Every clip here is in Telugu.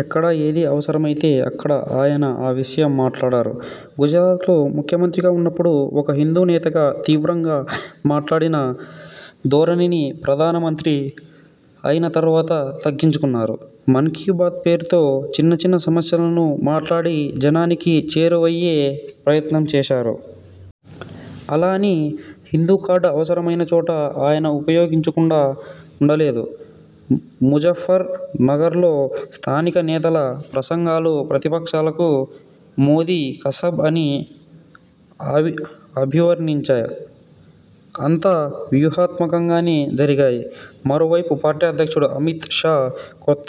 ఎక్కడ ఏది అవసరమైతే అక్కడ ఆయన ఆ విషయం మాట్లాడారు. గుజరాత్ లో ముఖ్యమంత్రిగా ఉన్నప్పుడు ఒక హిందూనేతగా తీవ్రంగా మాట్లాడిన ధోరణిని ప్రధానమంత్రి అయిన తర్వాత తగ్గించుకున్నారు. మన్ కీ బాత్ పేరుతో చిన్న చిన్న సమస్యలను మాట్లాడి జనానికి చేరువయ్యే ప్రయత్నం చేశారు. అలా అని హిందూ కార్డు అవసరమైన చోట ఆయన ఉపయోగించకుండా ఉండలేదు. ముజఫర్ నగర్లో స్థానిక నేతల ప్రసంగాలు, ప్రతిపక్షాలను మోదీ కసబ్ అని అభివర్ణించడం అంతా వ్యూహాత్మకంగానే జరిగాయి. మరో వైపు పార్టీ అధ్యక్షుడు అమిత్ షా కొత్త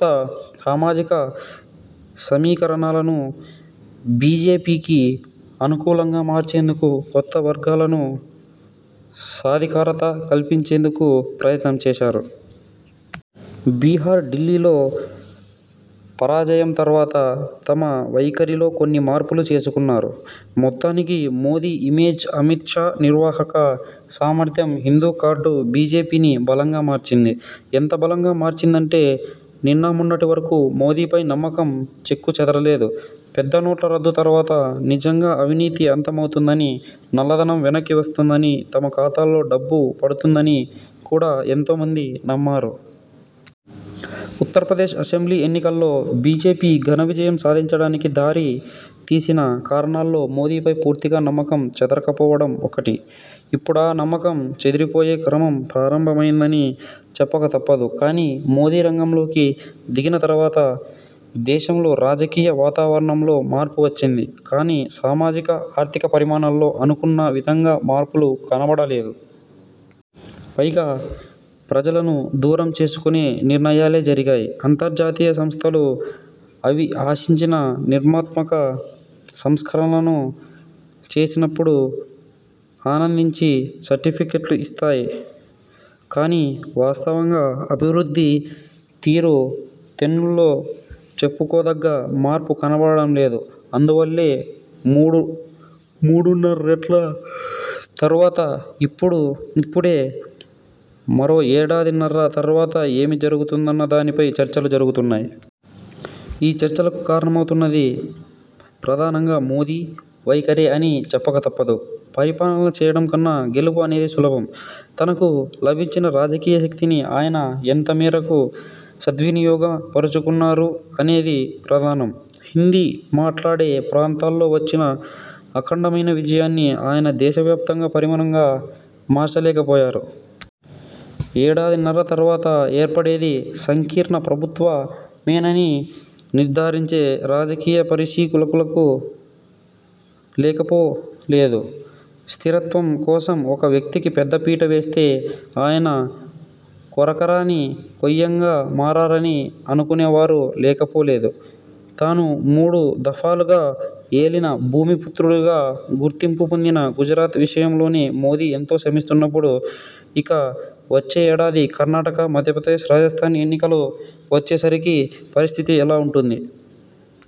సామాజిక సమీకరణాలను బిజెపికి అను కూలంగా మార్చేందుకు, కొత్త వర్గాలకు సాధికారికత కల్పించేందుకు ప్రయత్నం చేశారు. బీహార్, ఢిల్లీలో పరాజయం తర్వాత తమ వైఖరిలో కొన్ని మార్పులు చేసుకున్నారు. మొత్తానికి మోదీ ఇమేజ్, అమిత్ షా నిర్వాహక సామర్థ్యం, హిందూ కార్డు బిజెపిని బలంగా మార్చింది. ఎంత బలంగా మార్చిందంటే నిన్నమొన్నటి వరకూ మోదీపై నమ్మకం చెక్కు చెదరలేదు. పెద్ద నోట్ల రద్దు తర్వాత నిజంగా అవినీతి అంతమవుతుందని, నల్లధనం వెనక్కి వస్తుందని, తమ ఖాతాల్లో డబ్బు పడుతుందని కూడా ఎంతోమంది నమ్మారు. ఉత్తరప్రదేశ్ అసెంబ్లీ ఎన్నికల్లో బిజెపి ఘన విజయం సాధించడానికి దారి తీసిన కారణాల్లో మోదీపై పూర్తిగా నమ్మకం చెదరకపోవడం ఒకటి. ఇప్పుడా నమ్మకం చెదిరిపోయే క్రమం ప్రారంభమైందని చెప్పక తప్పదు. కాని మోదీ రంగంలోకి దిగిన తర్వాత దేశంలో రాజకీయ వాతావరణంలో మార్పు వచ్చింది కాని సామాజిక, ఆర్థిక పరిణామాల్లో అనుకున్న విధంగా మార్పులు కనపడడం లేదు. పైగా ప్రజలను దూరం చేసుకునే నిర్ణయాలే జరిగాయి. అంతర్జాతీయ సంస్థలు అవి ఆశించిన నిర్మాణాత్మక సంస్కరణలను చేసినప్పుడు ఆనందించి సర్టిఫికెట్లు ఇస్తాయి కాని వాస్తవంగా అభివృద్ది తీరుతెన్నుల్లో చెప్పుకోదగ్గ మార్పు కనపడడం లేదు. అందువల్లే మూడున్నరేళ్ల తర్వాత ఇప్పుడిప్పుడే మరో ఏడాదిన్నర తర్వాత ఏమి జరుగుతుందన్న దానిపైనే చర్చలు జరుగుతున్నాయి. ఈ చర్చలకు కారణమవుతున్నది ప్రధానంగా మోదీ వైఖరే అని చెప్పక తప్పదు. పరిపాలన చేయడం కన్నా గెలుపు అనేది సులభం. తనకు లభించిన రాజకీయ శక్తిని ఆయన ఎంతమేరకు సద్వినియోగపరుచుకున్నారు అనేది ప్రధానం. హిందీ మాట్లాడే ప్రాంతాల్లో వచ్చిన అఖండమైన విజయాన్ని ఆయన దేశ వ్యాప్త పరిణామంగా మార్చలేకపోయారు. ఏడాదిన్నర తర్వాత ఏర్పడేది సంకీర్ణ ప్రభుత్వమేనని నిర్ధారించే రాజకీయ పరిశీలకులూ లేకపోలేదు. స్థిరత్వం కోసం ఒక వ్యక్తికి పెద్ద పీట వేస్తే ఆయన కొరకరాని కొయ్యగా మారారని అనుకునేవారూ లేకపోలేదు. తాను మూడు దఫాలుగా ఏలిన, భూమి పుత్రుడుగా గుర్తింపు పొందిన గుజరాత్ విషయంలోనే మోదీ ఎంతో శ్రమిస్తున్నప్పుడు ఇక వచ్చే ఏడాది కర్ణాటక, మధ్యప్రదేశ్, రాజస్థాన్ ఎన్నికలు వచ్చే సరికి పరిస్థితి ఎలా ఉంటుంది?